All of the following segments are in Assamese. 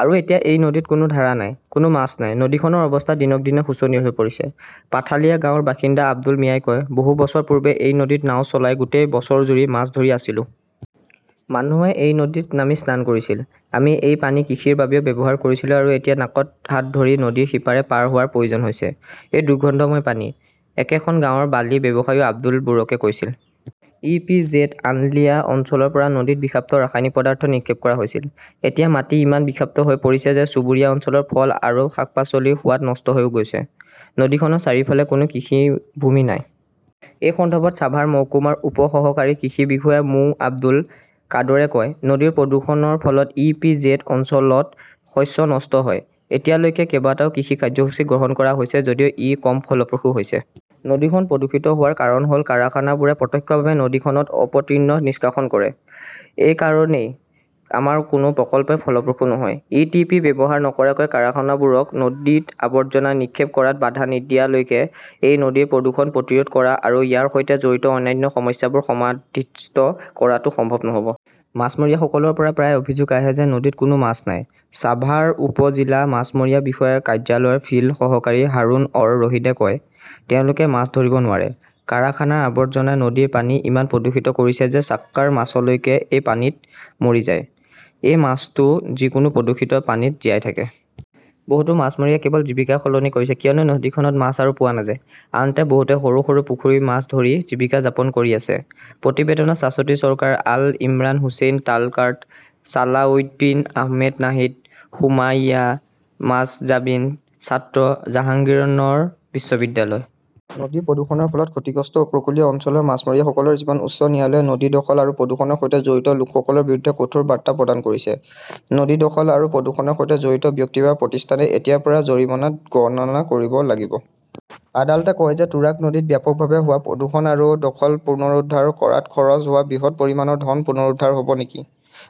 আৰু এতিয়া এই নদীত কোনো ধাৰা নাই, কোনো মাছ নাই। "নদীখনৰ অৱস্থা দিনক দিনে শোচনীয় হৈ পৰিছে", পাথালিয়া গাঁৱৰ বাসিন্দা আব্দুল মিয়াই কয়। "বহু বছৰ পূৰ্বে এই নদীত নাও চলাই গোটেই বছৰজুৰি মাছ ধৰি আছিলো। মানুহে এই নদীত নামি স্নান কৰিছিল। আমি এই পানী কৃষিৰ বাবেও ব্যৱহাৰ কৰিছিলো আৰু এতিয়া নাকত হাত ধৰি নদীৰ সিপাৰে পাৰ হোৱাৰ প্ৰয়োজন হৈছে, এই দুৰ্গন্ধযুক্ত পানী", একেখন গাঁৱৰ বালি ব্যৱসায়ী আব্দুল বাৰেকে কৈছিল। ই. পি. জেড. আশুলিয়া অঞ্চলৰ পৰা নদীত বিষাক্ত ৰাসায়নিক পদাৰ্থ নিক্ষেপ কৰা হৈছিল। এতিয়া মাটি ইমান বিষাক্ত হৈ পৰিছে যে চুবুৰীয়া অঞ্চলৰ ফল আৰু শাক-পাচলিৰ সোৱাদ নষ্ট হৈ গৈছে। নদীখনৰ চাৰিওফালে কোনো কৃষিভূমি নাই। এই সন্দৰ্ভত ছাভাৰ মহকুমাৰ উপ সহকাৰী কৃষি বিষয়া মো. আব্দুল কাদৰে কয়- "নদীৰ প্ৰদূষণৰ ফলত ই. পি. জেড. অঞ্চলত শস্য নষ্ট হয়, এতিয়ালৈকে কেইবাটাও কৃষি কাৰ্যসূচী গ্ৰহণ কৰা হৈছে যদিও ই কম ফলপ্ৰসূ হৈছে। নদীখন প্ৰদূষিত হোৱাৰ কাৰণ হ'ল কাৰখানাবোৰে প্ৰত্যক্ষভাৱে নদীখনত অপতৃণ নিষ্কাশন কৰে। এই কাৰণেই আমাৰ কোনো প্ৰকল্পই ফলপ্ৰসূ নহয়"। ই. টি. পি. ব্যৱহাৰ নকৰাকৈ কাৰখানাবোৰক নদীত আৱৰ্জনা নিক্ষেপ কৰাত বাধা নিদিয়ালৈকে এই নদীৰ প্ৰদূষণ প্ৰতিৰোধ কৰা আৰু ইয়াৰ সৈতে জড়িত অন্যান্য সমস্যাবোৰ সমাধিস্থ কৰাটো সম্ভৱ নহ'ব। "মাছমৰীয়াসকলৰ পৰা প্ৰায়ে অভিযোগ আহে যে নদীত কোনো মাছ নাই", ছাভাৰ উপ-জিলা মাছমৰীয়া বিষয়াৰ কাৰ্যালয়ৰ ফিল্ড সহকাৰী হাৰুন অৰ ৰছিদে কয়। তেওঁলোকে মাছ ধৰিব নোৱাৰে। কাৰখানাৰ আৱৰ্জনে নদীৰ পানী ইমান প্ৰদূষিত কৰিছে যে ছাক্কাৰ মাছলৈকে এই পানীত মৰি যায়, এই মাছটো যিকোনো প্ৰদূষিত পানীত জীয়াই থাকে। বহুতো মাছমৰীয়াই কেৱল জীৱিকা সলনি কৰিছে কিয়নো নদীখনত মাছ আৰু পোৱা নাযায়, আনহাতে বহুতে সৰু সৰু পুখুৰীত মাছ ধৰি জীৱিকা যাপন কৰি আছে। প্ৰতিবেদনঃ শাশ্বতী চৰকাৰ, আল ইমৰান হোসেন তালকাৰ্ড, ছালাহউদ্দিন আহমেদ নাহিদ, সুমাইয়া মাহজাবিন, ছাত্ৰ, জাহাংগীৰনগৰ বিশ্ববিদ্যালয়। নদীৰ প্ৰদূষণৰ ফলত ক্ষতিগ্ৰস্ত উপকূলীয় অঞ্চলৰ মাছমৰীয়াসকলৰ জীৱন উচ্চ ন্যায়ালয়ে নদী দখল আৰু প্ৰদূষণৰ সৈতে জড়িত লোকসকলৰ বিৰুদ্ধে কঠোৰ বাৰ্তা প্ৰদান কৰিছে। নদী দখল আৰু প্ৰদূষণৰ সৈতে জড়িত ব্যক্তি বা প্ৰতিষ্ঠানে এতিয়াৰ পৰা জৰিমনা গণনা কৰিব লাগিব। আদালতে কয় যে তুৰাগ নদীত ব্যাপকভাৱে হোৱা প্ৰদূষণ আৰু দখল পুনৰুদ্ধাৰ কৰাত খৰচ হোৱা বৃহৎ পৰিমাণৰ ধন পুনৰুদ্ধাৰ হ'ব নেকি?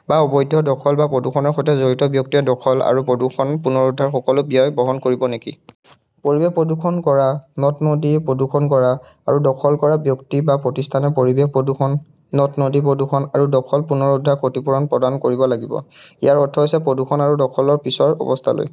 বা অবৈধ দখল বা প্ৰদূষণৰ সৈতে জড়িত ব্যক্তিয়ে দখল আৰু প্ৰদূষণ পুনৰুদ্ধাৰৰ সকলো ব্যয় বহন কৰিব নেকি? পৰিৱেশ প্ৰদূষণ কৰা, নদ-নদী প্ৰদূষণ কৰা আৰু দখল কৰা ব্যক্তি বা প্ৰতিষ্ঠানে পৰিৱেশ প্ৰদূষণ, নদ-নদী প্ৰদূষণ আৰু দখল পুনৰুদ্ধাৰৰ ক্ষতিপূৰণ প্ৰদান কৰিব লাগিব। ইয়াৰ অৰ্থ হৈছে প্ৰদূষণ আৰু দখলৰ পিছৰ অৱস্থালৈ